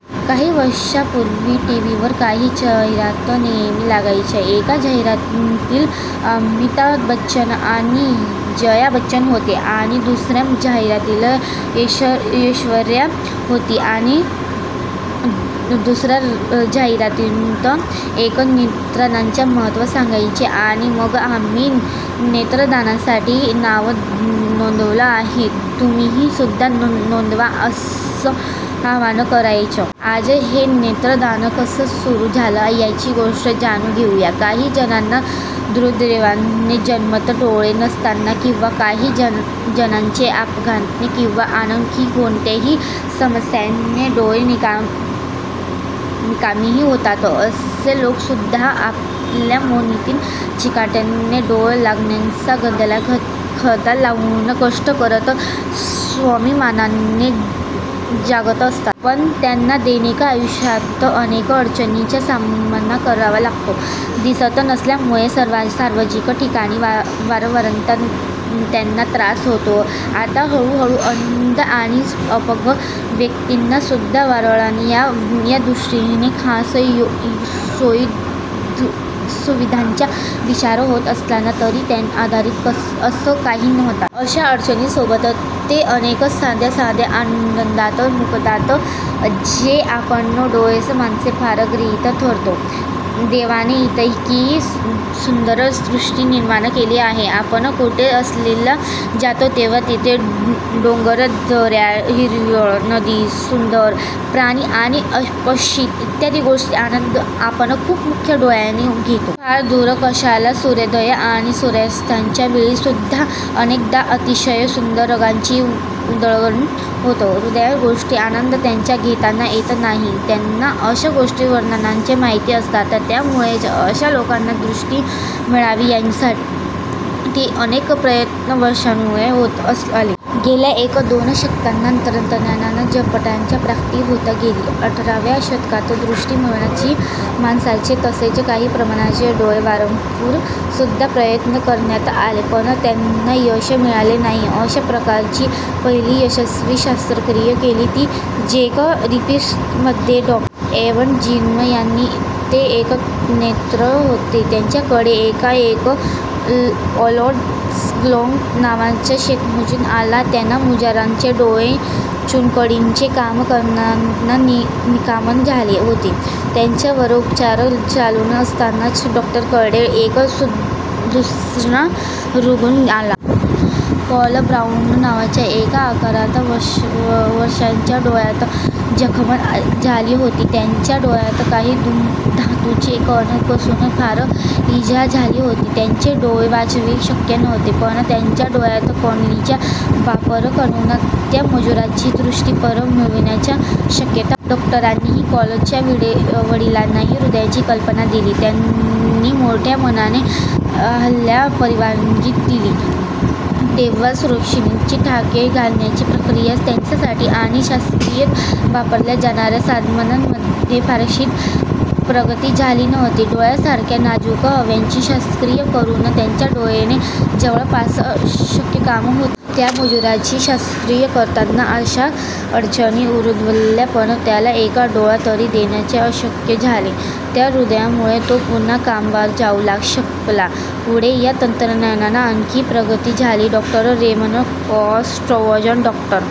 काही वर्षांपूर्वी टीव्हीवर काही जाहिराती नेहमी लागायच्या. एका जाहिरातीत अमिताभ बच्चन आणि जया बच्चन होते आणि दुसऱ्या जाहिरातीत ऐश्वर्या राय होती. ह्या जाहिरातीतून ते नेत्रदानाचं महत्व सांगायचे आणि मग आम्ही नेत्रदानासाठी नाव नोंदवलं आहे, तुम्हीसुद्धा नोंदवा असं आव्हान करायचे. आज हे नेत्रदान कसं सुरु झालं याची गोष्ट जाणून घेऊया. काही जणांना दुर्दैवाने जन्मतः डोळे नसतात, किंवा काही जणांचे अपघाताने किंवा आणखी कोणत्या समस्येने डोळे निकामी होतात. असे लोकसुद्धा आपल्या मेहनतीने, चिकाटीने डोळस लोकांच्या खांद्याला खांदा लावून कष्ट करत स्वाभिमानाने जगात असतात. पण त्यांना दैनंदिन आयुष्यात अनेक अडचणींचा सामना करावा लागतो. दिसत नसल्यामुळे सार्वजनिक ठिकाणी वावरताना त्यांना त्रास होतो. आता हळूहळू अंध आणि अपंग व्यक्तींनासुद्धा वावरता यावं यादृष्टीने खास सोयी सुविधांचा विचार होत असला तरी त्याआधी असं काही नव्हतं. अशा अडचणींसोबतच ते अनेक साध्या साध्या आनंदांना मुकतात जे आपण डोळस माणसे फार गृहीत धरतो. देवाने इतकी सुंदर सृष्टी निर्माण केली आहे. आपण कुठे सहलीला जातो तेव्हा तिथले डोंगर, दऱ्या, हिरवळ, नदी, सुंदर प्राणी पक्षी इत्यादी गोष्टींचा आनंद आपण मुख्यतः डोळ्यांनी घेतो. फार दूर कशाला, सूर्योदय आणि सूर्यास्ताच्या वेळीसुद्धा अनेकदा अतिशय सुंदर रंगांची उधळण होते. ह्या गोष्टींचा आनंद त्यांना घेता येत नाही. त्यांना अशा गोष्टी वर्णनानेच माहित असतात. त्यामुळेच अशा लोकांना दृष्टी मिळावी यासाठी अनेक प्रयत्न वर्षानुवर्षे होत आले. गेल्या एक दोन शतकात तंत्रज्ञानात झपाट्याने प्रगती होत गेली. अठराव्या शतकात दृष्टी मिळवण्यासाठी माणसांचे, तसेच काही प्राण्यांचे डोळे वापरून सुद्धा प्रयत्न करण्यात आले, पण त्यांना यश मिळाले नाही. अशा प्रकारची पहिली यशस्वी शस्त्रक्रिया केली ती झेक रिपब्लिकमधल्या डॉ. एडवर्ड झिर्म यांनी. ते एक नेत्रतज्ञ होते. त्यांच्याकडे एकदा एक ऍलॉईस ग्लोगर नावाचा शेतमजूर आला. त्या मजुरांचे डोळे चुनखडीचे काम करताना निकामी झाले होते. त्याच्यावर उपचार चालू असतानाच डॉक्टरांकडे एक दुसरा रुग्ण आला. कार्ल ब्राऊर नावाच्या एका अकरा वर्षाच्या डोळ्यात जखम झाली होती. त्याच्या डोळ्यात काही धातूचे कण घुसून फार इजा झाली होती. त्याचे डोळे वाचवणे शक्य नव्हते, पण त्याच्या डोळ्यातल्या कॉर्नियाचा वापर करून त्या मजुराची दृष्टी परत मिळवण्याची शक्यता होती. डॉक्टरांनी कार्लच्या वडिलांना ह्याची कल्पना दिली. त्यांनी मोठ्या मनाने ह्याला परवानगी दिली. तेव्हा सूक्ष्मनिरीक्षक, टाके घालण्याची प्रक्रिया, त्यासाठी आणि शस्त्रक्रियेत वापरल्या जाणाऱ्या साधनांमध्ये फारशी प्रगती झाली नव्हती. डोळ्यासारखा नाजूक अवयवाची शस्त्रक्रिया करून त्यांना जोडणे जवळपास अशक्य काम होते. त्या मजुराची शस्त्रक्रिया करताना अशाच अडचणी उद्भवल्या, पण त्याला एक डोळा तरी देणे शक्य झाले. ह्यामुळे तो पुन्हा कामावर जाऊ शकला. पुढे या तंत्रज्ञानात आणखी प्रगती झाली. डॉ. रेमन कास्ट्रावोजो, डॉ.